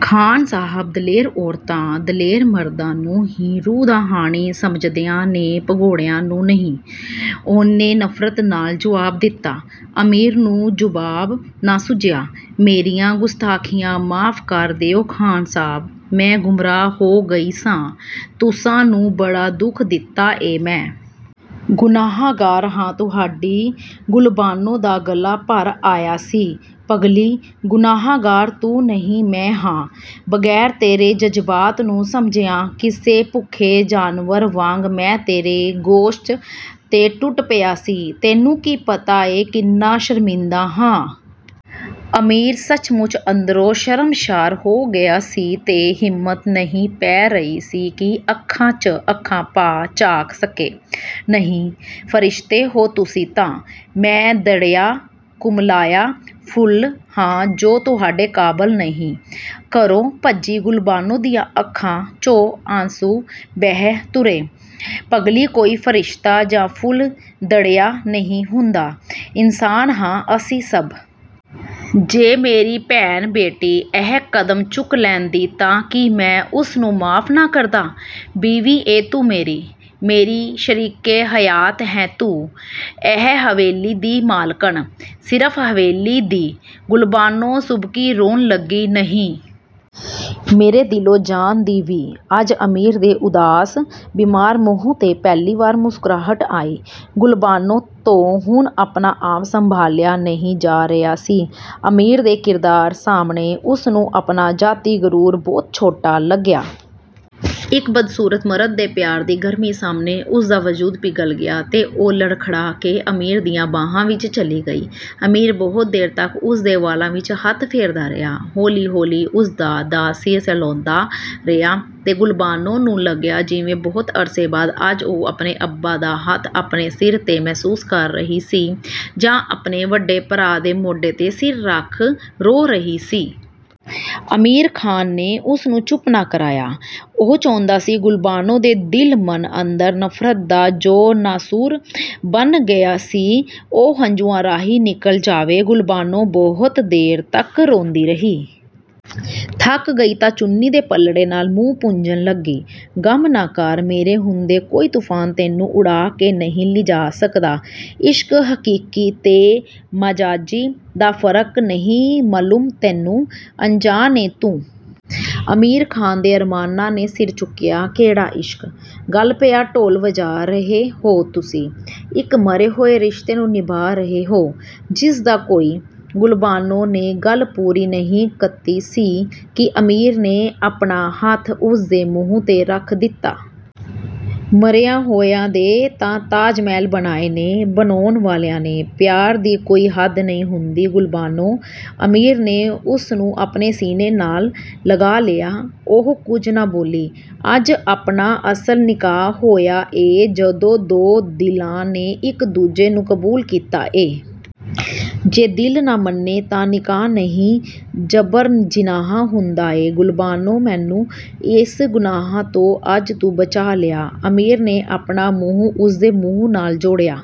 "ਖ਼ਾਨ ਸਾਹਬ ਦਲੇਰ ਔਰਤਾ, ਦਲੇਰ ਮਰਦਾ ਨੂੰ ਹੀ ਰੂਹ ਦਾ ਹਾਣੀ ਸਮਝਦੀਆਂ ਨੇ ਭਗੋੜਿਆਂ ਨੂੰ ਨਹੀਂ "… ਉਹਨੇ ਨਫਰਤ ਨਾਲ ਜਵਾਬ ਦਿਤਾ….. ਅਮੀਰ ਨੂੰ ਜੁਵਾਬ ਨਾ ਸੁੱਝਿਆ। "ਮੇਰੀਆਂ ਗੁਸਤਾਖ਼ੀਆਂ ਮਾਫ਼ ਕਰ ਦਿਉ ਖਾਨ ਸਾਹਬ… ਮੈਂ ਗੁੰਮਰਾਹ ਹੋ ਗਈ ਸਾਂ… ਤੁਸਾਂ ਨੂੰ ਬੜਾ ਦੁੱਖ ਦਿਤਾ ਏ ਮੈਂ। ਗੁਨਾਹਗਾਰ ਹਾਂ ਤੁਹਾਡੀ"…. ਗੁਲਬਾਨੋ ਦਾ ਗਲਾ ਭਰ ਆੲਆ ਸੀ। "ਪਗਲੀ"… ਗੁਨਾਹਗਾਰ ਤੂੰ ਨਹੀਂ ਮੈਂ ਹਾਂ। ਬਗੈਰ ਤੇਰੇ ਜਜ਼ਾਬਤ ਨੂੰ ਸਮਝਿਆਂ ਕਿਸੇ ਭੁੱਖੇ ਜਾਨਵਰ ਵਾਂਗ ਮੈਂ ਤੇਰੇ ਗੋਸ਼ਤ 'ਤੇ ਟੁੱਟ ਪਿਆ ਸੀ.. ਤੈਨੂੰ ਕੀ ਪਤਾ ਏਂ ਕਿੰਨਾ ਸ਼ਰਮਿੰਦਾਂ ਹਾਂ। ਅਮੀਰ ਸੱਚਮੁੱਚ ਅੰਦਰੋਂ ਸ਼ਰਮਸਾਰ ਹੋ ਗਿਆ ਸੀ ਤੇ ਹਿੰਮਤ ਨਹੀ ਪੈ ਰਹੀ ਸੀ ਕਿ ਅੱਖਾਂ, ਚ' ਅੱਖਾ ਪਾ ਝਾਕ ਸਕੇ। "ਨਹੀਂ.. ਫਰਿਸ਼ਤੇ ਹੋ ਤੁਸੀ ਤਾਂ.. ਮੈਂ ਦਰੜਿਆ, ਕੁਮਲਾਇਆ ਫੁੱਲ ਹਾਂ ਜੋ ਤੁਹਾਡੇ ਕਾਬਲ ਨਹੀ, ਘਰੋ ਭੱਜੀ"ਗੁਲਬਾਨੋ ਦੀਆਂ ਅੱਖਾਂ, ਚੋਂ 'ਆਂਸੂ ਵਹਿ ਤੁਰੇ… "ਪਗਲੀ ਕੋਈ ਫਰਿਸ਼ਤਾ ਜਾਂ ਫੁੱਲ ਦ੍ਰੜਿਆ ਨਹੀ ਹੁੰਦਾਂ, ਇਨਸਾਨ ਹਾਂ ਅਸੀ ਸੱਭ.. ਜੇ ਮੇਰੀ ਭੈਣ-ਬੇਟੀ ਇਹ ਕਦਮ ਚੁੱਕ ਲੈਂਦੀ ਤਾਂ ਕੀ ਮੈਂ ਉਸਨੂੰ ਮਾਫ਼ ਨਾ ਕਰਦਾ! ਬੀਵੀ ਏਂ ਤੂੰ ਮੇਰੀ.. ਮੇਰੀ ਸ਼ਰੀਕੇ ਹਯਾਤ ਹੈ ਤੂੰ.. ਇਸ ਹਵੇਲੀ ਦੀ ਮਾਲਕਣ" "ਸਿਰਫ ਹਵੇਲੀ ਦੀ".. ਗੁਲਬਾਨੋ ਸੁਬਕੀ ਰੋਣ ਲੱਗੀ… "ਨਹੀ.. ਮੇਰੇ ਦਿਲੋਂ ਜਾਨ ਦੀ ਵੀ"ਅੱਜ ਅਮੀਰ ਦੇ ਉਦਾਸ, ਬੀਮਾਰ ਮੂੰਹ ਤੇਂ ਪਹਿਲੀ ਵਾਰ ਮੁਸਕ੍ਰਾਹਟ ਆਈ। ਗੁਲਬਾਨੋ ਤੋਂ ਹੁਣ ਆਪਣਾ ਆਪ ਸੰਭਾਲਿਆ ਨਹੀ ਜਾ ਰਿਹਾ ਸੀ। ਅਮੀਰ ਦੇ ਕਿਰਦਾਰ ਸਾਹਮਣੇ ਉਸਨੂੰ ਆਪਣਾ ਜਾਤੀ ਗਰੂਰ ਬਹੁਤ ਛੋਟਾ ਲੱਗਿਆ। ਇਕ ਬਦਸੂਰਤ ਮਰਦ ਦੇ ਪਿਆਰ ਦੀ ਗਰਮੀ ਸਾਹਮਣੇ ਉਸਦਾ ਵਜੂਦ ਪਿਘਲ ਗਿਆ ਤੇ ਉਹ ਲੜਖੜਾ ਕੇ ਅਮੀਰ ਦੀਆਂ ਬਾਹਾਂ ਵਿੱਚ ਚਲੀ ਗਈ। ਅਮੀਰ ਬਹੁਤ ਦੇਰ ਤੱਕ ਉਸਦੇ ਵਾਲਾਂ ਵਿੱਚ ਹੱਥ ਫੇਰਦਾ ਰਿਹਾ। ਹੌਲੀ ਹੌਲੀ ਉਸਦਾ ਦਾ ਸਿਰ ਸਹਿਲਾਓਦਾਂ ਰਿਹਾ ਤੇ ਗੁਲਬਾਨੋ ਨੂੰ ਲੱਗਿਆ ਜਿਵੇਂ ਬਹੁਤ ਅਰਸੇ ਬਾਅਦ ਅੱਜ ਉਹ ਆਪਣੇ ਅੱਬਾ ਦਾ ਹੱਥ ਆਪਣੇ ਸਿਰ 'ਤੇ ਮਹਿਸੂਸ ਕਰ ਰਹੀ ਸੀ ਜਾਂ ਆਪਣੇ ਵੱਡੇ ਭਰਾ ਦੇ ਮੋਢੇ 'ਤੇ ਸਿਰ ਰੱਖ ਰੋ ਰਹੀ ਸੀ। ਅਮੀਰ ਖਾਨ ਨੇ ਉਸ ਨੂੰ ਚੁੱਪ ਨਾ ਕਰਾਇਆ। ਉਹ ਚਾਹੁੰਦਾ ਸੀ ਗੁਲਬਾਨੋ ਦੇ ਦਿਲ-ਮਨ ਅੰਦਰ ਨਫਰਤ ਦਾ ਜੋ ਨਾਸੂਰ ਬਣ ਗਿਆ ਸੀ, ਉਹ ਹੰਝੂਆਂ ਰਾਹੀ ਨਿਕਲ ਜਾਵੇ। ਗੁਲਬਾਨੋ ਬਹੁਤ ਦੇਰ ਤੱਕ ਰੋਂਦੀ ਰਹੀ। ਥੱਕ ਗਈ ਤਾਂ ਚੁੰਨੀ ਦੇ ਪਲੜੇ ਨਾਲ ਮੂੰਹ ਪੂੰਝਣ ਲੱਗੀ…। "ਗਮ ਨਾ ਕਰ "… ਮੇਰੇ ਹੁੰਦੇ ਕੋਈ ਤੂਫਾਨ ਤੈਨੂੰ ਉਡਾ ਕੇ ਨਹੀ ਲਿਜਾ ਸਕਦਾ।….. "ਇਸ਼ਕ ਹਕੀਕੀ ਤੇ ਮਾਜਾਜੀ ਦਾ ਫਰਕ ਨਹੀਂ ਮਲੂਮ ਤੈਨੂੰ… ਅਨਜਾਨ ਏਂ ਤੂੰ "..! ਅਮੀਰ ਖਾਨ ਦੇ ਅਰਮਾਨਾਂ ਨੇ ਸਿਰ ਚੁਕਿਆ। "ਕਿਹੜਾ ਇਸ਼ਕ"…! ਗਲ ਪਿਆ ਢੋਲ ਵਜਾ ਰਹੇ ਹੋਂ ਤੁਸੀ। ਇਕ ਮਰੇ ਹੋਏ ਰਿਸ਼ਤੇ ਨੂੰ ਨਿਭਾ ਰਹੇ ਹੋ….. ਜਿਸ ਦਾ ਕੋਈ…!! ਗੁਲਬਾਨੋ ਨੇ ਗੱਲ ਪੂਰੀ ਨਹੀਂ ਕਤੀ ਸੀ ਕਿ ਅਮੀਰ ਨੇ ਆਪਣਾ ਹੱਥ ਉਸ ਦੇ ਮੂੰਹ ਤੇ ਰੱਖ ਦਿਤਾ…..। "ਮਰਿਆਂ ਹੋਇਆਂ ਦੇ 'ਤਾਂ ਤਾਜਮਹਿਲ ਬਣਾਏ ਨੇ… ਬਣਾਉਣ ਵਾਲਿਆਂ ਨੇ…. ਪਿਆਰ ਦੀ ਕੋਈ ਹੱਦ ਨਹੀ ਹੁੰਦੀ ਗੁਲਬਾਨੋ "…. ਅਮੀਰ ਨੇ ਉਸਨੂੰ ਆਪਣੇ ਸੀਨੇ ਨਾਲ ਲਗਾ ਲਿਆ, ਉਹ ਕੁਝ ਨਾ ਬੋਲੀ। "ਅੱਜ ਆਪਣਾ ਅਸਲ ਨਿਕਾਹ ਹੋਇਆ ਏਂ ਜਦੋਂ ਦੋ ਦਿਲਾਂ ਨੇ ਇੱਕ ਦੂਜੇ ਨੂੰ ਕਬੂਲ ਕੀਤਾ ਏਂ। ਜੇ ਦਿਲ ਨਾ ਮੰਨੇ ਤਾਂ ਨਿਕਾਹ ਨਹੀ ਜਬਰਜਿਨਾਹ ਹੁੰਦਾਂ ਏਂ। ਗੁਲਬਾਨੋ ਮੈਨੂੰ ਇਸ ਗੁਨਾਹ ਤੋਂ ਅੱਜ ਤੂੰ ਬਚਾ ਲਿਆ …। ਅਮੀਰ ਨੇ ਆਪਣਾ ਮੂੰਹ ਉਸਦੇ ਮੂੰਹ ਨਾਲ ਜੋੜਿਆ।